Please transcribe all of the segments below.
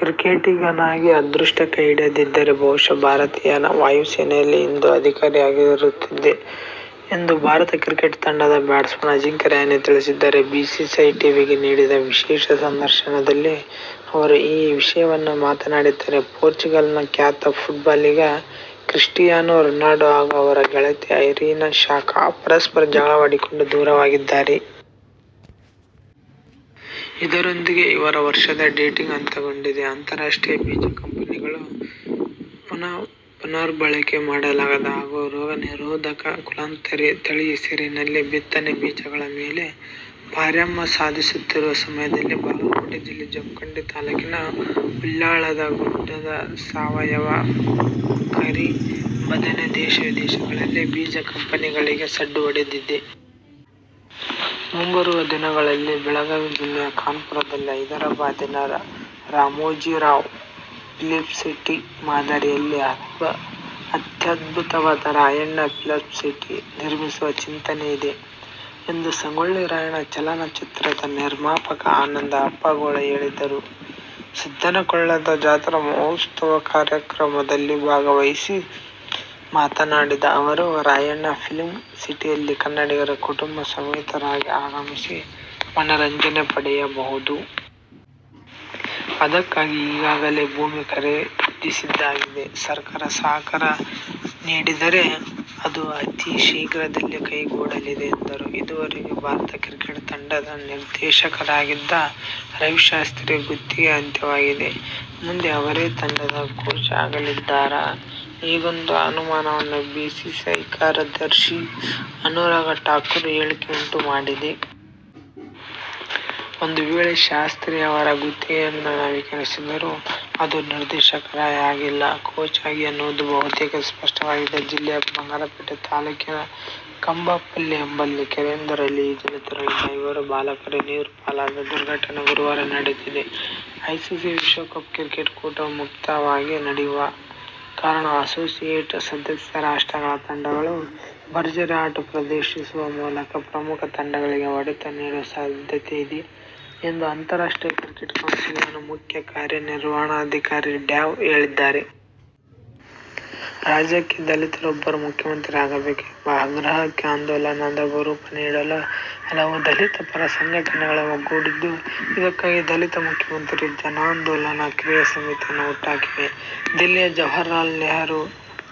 ಕ್ರಿಕೆಟಿಗನಾಗಿ ಅದೃಷ್ಟ ಕೈ ಹಿಡಿಯದಿದ್ದರೆ ಬಹುಶಃ ಭಾರತೀಯ ವಾಯು ಸೇನೆಯಲ್ಲಿ ಇಂದು ಅಧಿಕಾರಿಯಾಗಿರುತ್ತಿದ್ದೆ ಎಂದು ಭಾರತ ಕ್ರಿಕೆಟ್ ತಂಡದ ಬ್ಯಾಟ್ಸ್ಮನ್ ಅಜಿಂಕ್ಯ ರಹಾನೆ ತಿಳಿಸಿದ್ದಾರೆ. ಬಿಸಿಸಿಐ ಟೀವಿಗೆ ನೀಡಿದ ವಿಶೇಷ ಸಂದರ್ಶನದಲ್ಲಿ ಅವರು ಈ ವಿಷಯವನ್ನು ಮಾತನಾಡಿದ್ದಾರೆ. ಪೋರ್ಚುಗಲ್ನ ಖ್ಯಾತ ಫುಟ್ಬಾಲಿಗ ಕ್ರಿಸ್ಟಿಯಾನೋ ರೊನಾಲ್ಡೊ ಹಾಗೂ ಅವರ ಗೆಳತಿ ಐರಿನಾ ಶಾಕ್ ಪರಸ್ಪರ ಜಗಳವಾಡಿಕೊಂಡು ದೂರವಾಗಿದ್ದಾರೆ. ಇದರೊಂದಿಗೆ ಇವರ ವರ್ಷದ ಡೇಟಿಂಗ್ ಅಂತ್ಯಗೊಂಡಿದೆ. ಅಂತಾರಾಷ್ಟ್ರೀಯ ಬೀಜ ಕಂಪನಿಗಳು ಪುನರ್ಬಳಕೆ ಮಾಡಲಾಗದ ಹಾಗೂ ರೋಗನಿರೋಧಕ, ಕುಲಾಂತರಿ ತಳಿ ಹೆಸರಿನಲ್ಲಿ ಬಿತ್ತನೆ ಬೀಜಗಳ ಮೇಲೆ ಪಾರಮ್ಯ ಸಾಧಿಸುತ್ತಿರುವ ಸಮಯದಲ್ಲಿ ಬಾಗಲಕೋಟೆ ಜಿಲ್ಲೆ ಜಮಖಂಡಿ ತಾಲೂಕಿನ ಹುಲ್ಯಾಳದ ಗುಡ್ಡದ ಸಾವಯವ ಕರಿಬದನೆ ದೇಶ-ವಿದೇಶಗಳಲ್ಲಿ ಬೀಜ ಕಂಪನಿಗಳಿಗೆ ಸಡ್ಡು ಹೊಡೆದಿದೆ. ಮುಂಬರುವ ದಿನಗಳಲ್ಲಿ ಬೆಳಗಾವಿ ಜಿಲ್ಲೆಯ ಖಾನಾಪುರದಲ್ಲಿ ಹೈದರಾಬಾದಿನ ರಾಮೋಜಿರಾವ್ ಫಿಲ್ಮ್ಸಿಟಿ ಮಾದರಿಯಲ್ಲಿ ಅತ್ಯದ್ಭುತವಾದ "ರಾಯಣ್ಣ ಫಿಲ್ಮ್ಸಿಟಿ' ನಿರ್ಮಿಸುವ ಚಿಂತನೆಯಿದೆ ಎಂದು ಸಂಗೊಳ್ಳಿ ರಾಯಣ್ಣ ಚಲನಚಿತ್ರದ ನಿರ್ಮಾಪಕ ಆನಂದ ಅಪ್ಪಗೋಳ ಹೇಳಿದರು. ಸಿದ್ಧನಕೊಳ್ಳದ ಜಾತ್ರಾ ಮಹೋತ್ಸವ ಕಾರ್ಯಕ್ರಮದಲ್ಲಿ ಭಾಗವಹಿಸಿ ಮಾತನಾಡಿದ ಅವರು, ರಾಯಣ್ಣ ಫಿಲ್ಮ್ ಸಿಟಿಯಲ್ಲಿ ಕನ್ನಡಿಗರು ಕುಟುಂಬ ಸಮೇತರಾಗಿ ಆಗಮಿಸಿ ಮನರಂಜನೆ ಪಡೆಯಬಹುದು. ಅದಕ್ಕಾಗಿ ಈಗಾಗಲೇ ಭೂಮಿ ಖರೀದಿಸಿದ್ದಾಗಿದೆ. ಸರ್ಕಾರ ಸಹಕಾರ ನೀಡಿದರೆ ಅದು ಅತೀ ಶೀಘ್ರದಲ್ಲೇ ಕೈಗೂಡಲಿದೆ ಎಂದರು. ಇದುವರೆಗೆ ಭಾರತ ಕ್ರಿಕೆಟ್ ತಂಡದ ನಿರ್ದೇಶಕರಾಗಿದ್ದ ರವಿಶಾಸ್ತ್ರಿ ಗುತ್ತಿಗೆ ಅಂತ್ಯವಾಗಿದೆ. ಮುಂದೆ ಅವರೇ ತಂಡದ ಕೋಚ್ ಆಗಲಿದ್ದಾರಾ? ಹೀಗೊಂದು ಅನುಮಾನವನ್ನು ಬಿಸಿಸಿಐ ಕಾರ್ಯದರ್ಶಿ ಅನುರಾಗ್ ಠಾಕೂರ್ ಹೇಳಿಕೆ ಉಂಟು ಮಾಡಿದೆ. ಒಂದು ವೇಳೆ ಶಾಸ್ತ್ರಿಯವರ ಗುತ್ತಿಗೆಯನ್ನು ನವೀಕರಿಸಿದರೂ ಅದು ನಿರ್ದೇಶಕರಾಗಿಯಲ್ಲ, ಕೋಚ್ ಆಗಿ ಎನ್ನುವುದು ಬಹುತೇಕ ಸ್ಪಷ್ಟವಾಗಿದೆ. ಜಿಲ್ಲೆಯ ಬಂಗಾರಪೇಟೆ ತಾಲೂಕಿನಕಂಬಪಲ್ಲಿ ಎಂಬಲ್ಲಿ ಕೆರೆಯೊಂದರಲ್ಲಿ ಈಜಲು ತೆರಳಿದ್ದ ಐವರು ಬಾಲಕರು ನೀರು ಪಾಲಾದ ದುರ್ಘಟನೆ ಗುರುವಾರ ನಡೆದಿದೆ. ಐಸಿಸಿ ವಿಶ್ವ ಕಪ್ ಕ್ರಿಕೆಟ್ ಕೂಟವು ಮುಕ್ತವಾಗಿ ನಡೆಯುವ ಕಾರಣ ಅಸೋಸಿಯೇಟ್ ಸದಸ್ಯ ರಾಷ್ಟ್ರಗಳ ತಂಡಗಳು ಭರ್ಜರಿ ಆಟ ಪ್ರದರ್ಶಿಸುವ ಮೂಲಕ ಪ್ರಮುಖ ತಂಡಗಳಿಗೆ ಹೊಡೆತ ನೀಡುವ ಸಾಧ್ಯತೆಯಿದೆ ಎಂದು ಅಂತಾರಾಷ್ಟ್ರೀಯ ಕ್ರಿಕೆಟ್ ಕೌನ್ಸಿಲ್ ನ ಮುಖ್ಯ ಕಾರ್ಯನಿರ್ವಹಣಾಧಿಕಾರಿ ಡ್ಯಾವ್ ಹೇಳಿದ್ದಾರೆ. ರಾಜ್ಯಕ್ಕೆ ದಲಿತರೊಬ್ಬರು ಮುಖ್ಯಮಂತ್ರಿಯಾಗಬೇಕು ಎಂಬ ಆಗ್ರಹಕ್ಕೆ ಆಂದೋಲನದ ರೂಪ ನೀಡಲು ಹಲವು ದಲಿತ ಪರ ಸಂಘಟನೆಗಳು ಒಗ್ಗೂಡಿದ್ದು, ಇದಕ್ಕಾಗಿ ದಲಿತ ಮುಖ್ಯಮಂತ್ರಿ ಜನಾಂದೋಲನ ಕ್ರಿಯಾ ಸಮಿತಿಯನ್ನು ಹುಟ್ಟುಹಾಕಿವೆ. ದಿಲ್ಲಿಯ ಜವಾಹರಲಾಲ ನೆಹರು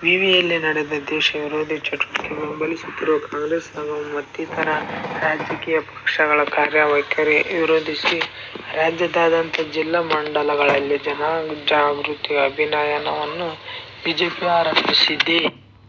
ವಿ. ವಿ. ಯಲ್ಲಿ ನಡೆದ ದೇಶವಿರೋಧಿ ಚಟುವಟಿಕೆ ಬೆಂಬಲಿಸುತ್ತಿರುವ ಕಾಂಗ್ರೆಸ್ ಹಾಗೂ ಮತ್ತಿತರ ರಾಜಕೀಯ ಪಕ್ಷಗಳ ಕಾರ್ಯವೈಖರಿ ವಿರೋಧಿಸಿ ರಾಜ್ಯಾದ್ಯಂತ ಜಿಲ್ಲಾ, ಮಂಡಲಗಳಲ್ಲಿ ಜನಜಾಗೃತಿ ಅಭಿಯಾನವನ್ನು ಬಿಜೆಪಿ ಆರಂಭಿಸಿದೆ.